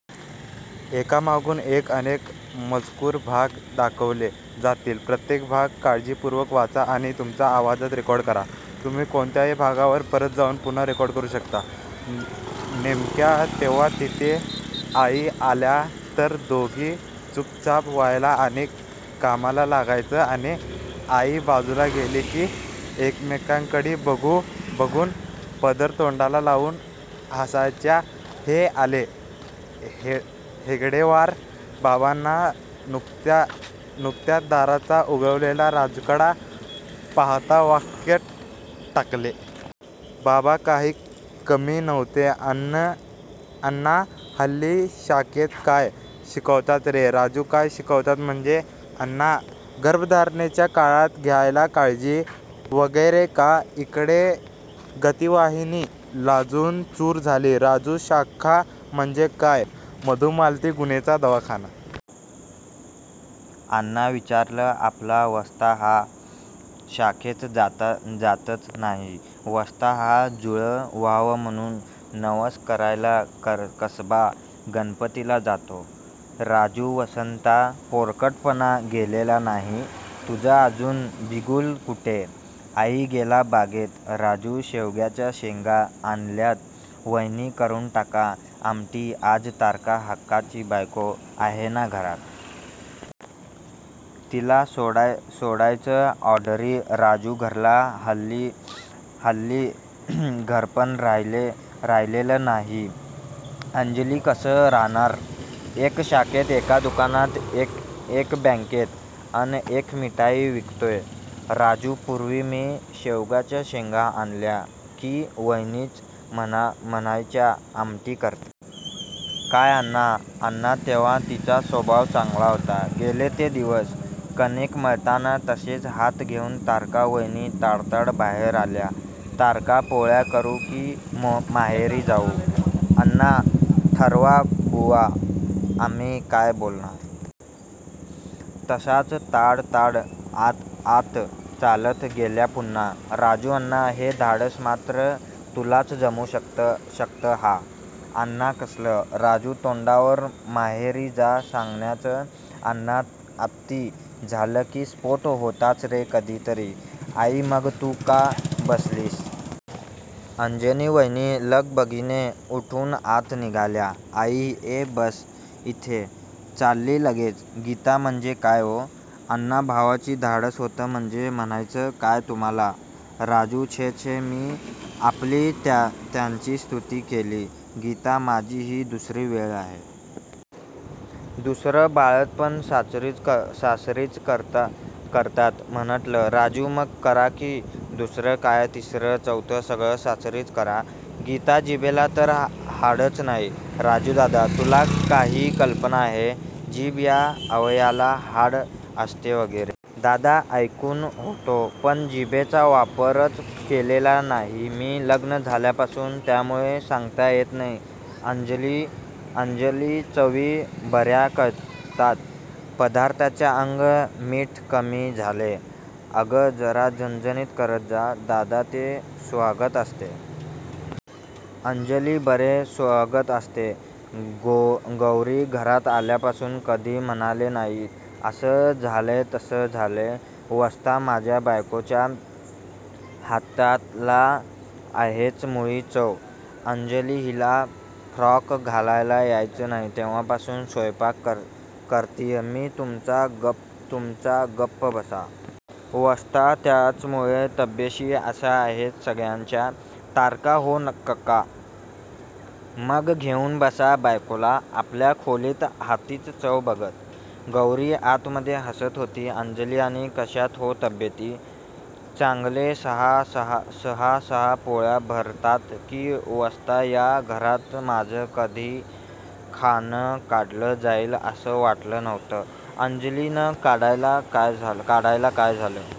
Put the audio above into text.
नेमक्या तेव्हाच तिथे आई आल्या तर दोघी चूपचाप व्हायच्या आणि कामाला लागायच्या आणि आई बाजूला गेल्या की एकमेकींकडे बघून पदर तोंडाला लावून हासायच्या. हे आले. हेगडेवार बाबांनी नुकत्याच दारात उगवलेल्या राजूकडे पाहात वाक्य टाकले. बाबा काही कमी नव्हते. अण्णा हल्ली शाखेत काय शिकवतात रे? राजू काय शिकवतात म्हणजे? अण्णा गर्भधारणेच्या काळात घ्यायची काळजी वगैरे का? इकडे गीतावहिनी लाजून चूर झाली. राजू शाखा म्हणजे काय मधुमालती गुणेंचा दवाखानाय?? अण्णा विचारलं आपलं वसंता हा शाखेत जातच नाही. वसंता हा जुळं व्हावं म्हणून नवस करायला कसबा गणपतीला जातो. राजू वसंता पोरकटपणा गेलेला नाही तुझा अजून बिगुल कुठेय? आई गेला बागेत. राजू शेवग्याच्या शेंगा आणल्यात वहिनी करून टाका आमटी आज तारका हक्काची बायको आहे ना घरात? तिला सोडायच्या ऑर्डरी राजू घराला हल्ली घरपण राहिलेलं नाहीये. अंजली कसं राहणार? एक शाखेत, एक दुकानात, एक बॅन्केत अन एक मिठाई विकतोय. राजू पुर्वी मी शेवग्याच्या शेंगा आणल्या की वहिनीच म्हणायच्या आमटी करते. काय अण्णा? अण्णा तेव्हा तिचा स्वभाव चांगला होता. गेले ते दिवस. कणीक मळताना तसेच हात घेऊन तारका वहिनी ताडताड बाहेर आल्या. तारका पोळ्या करू की माहेरी जाऊ? अण्णा ठरवा बुवा. आम्ही काय बोलणार? तशाच ताडताड आत चालत गेल्या पुन्हा! राजू अण्णा. हे धाडस मात्र तुलाच जमू शकतं हां? अण्णा कसलं? राजू तोंडावर माहेरी जा सांगण्याचं. अण्णा अती झालं की स्फोट होतोच रे कधीतरी. आई मग तू का बसलीयस? अंजली वहिनी लगबगीने उठून आत निघाल्या. आई ए. बस इथे. चालली लगेच. गीता म्हणजे काय हो?अण्णाभावजींचं धाडस होतं म्हणजे म्हणायचंय काय तुम्हाला? राजू छे छे. मी आपली त्याची स्तुती केली. गीता माझी ही दुसरी वेळ आहे. दुसरं बाळंतपण सासरीच करतात म्हंटलं. राजू मग करा की, दुसरं काय, तिसरं, चौथं सगळं सासरीच करा. गीता जिभेला तर हाडच नाहीये. राजू दादा? तुला काही कल्पना आहे? जीभ या अवयवाला हाड असते वगैरे? दादा ऐकून होतो. पण जीभेचा वापरच केलेला नाहीये मी लग्न झाल्यापासून. त्यामुळे सांगता येत नाही. अंजली चवी बर्या कळतात पदार्थांच्या अगं. मीठ कमी झालंय. अगं. जरा झणझणीत करत जा. दादा ते स्वगत असते. अंजली बरे स्वगत असते. गौरी घरात आल्यापासून कधी म्हणाले नाहीत. असं झालंय तसं झालंय. वसंता माझ्या बायकोच्या हाताला आहेच मुळी चव. अंजली हिला फ्रॉक घालता यायचा नाही तेव्हापासून स्वयंपाक करतीय मी तुमचा गप्प बसा. वसंता त्याचमुळे तब्येती अशा आहेत सगळ्यांच्या. तारका हो क्का? मग घेऊन बसा बायकोला आपल्या खोलीत हातांची चव बघत. गौरी आतमध्ये हसत होती. अंजली आणि कशायत हो तब्येती? चांगले सहा सहा पोळ्या भरताय की वसंता या घरात माझं कधी खाणं काढलं जाईल असं वाटलं नव्हतं. अंजली न काढायला काय झालंय.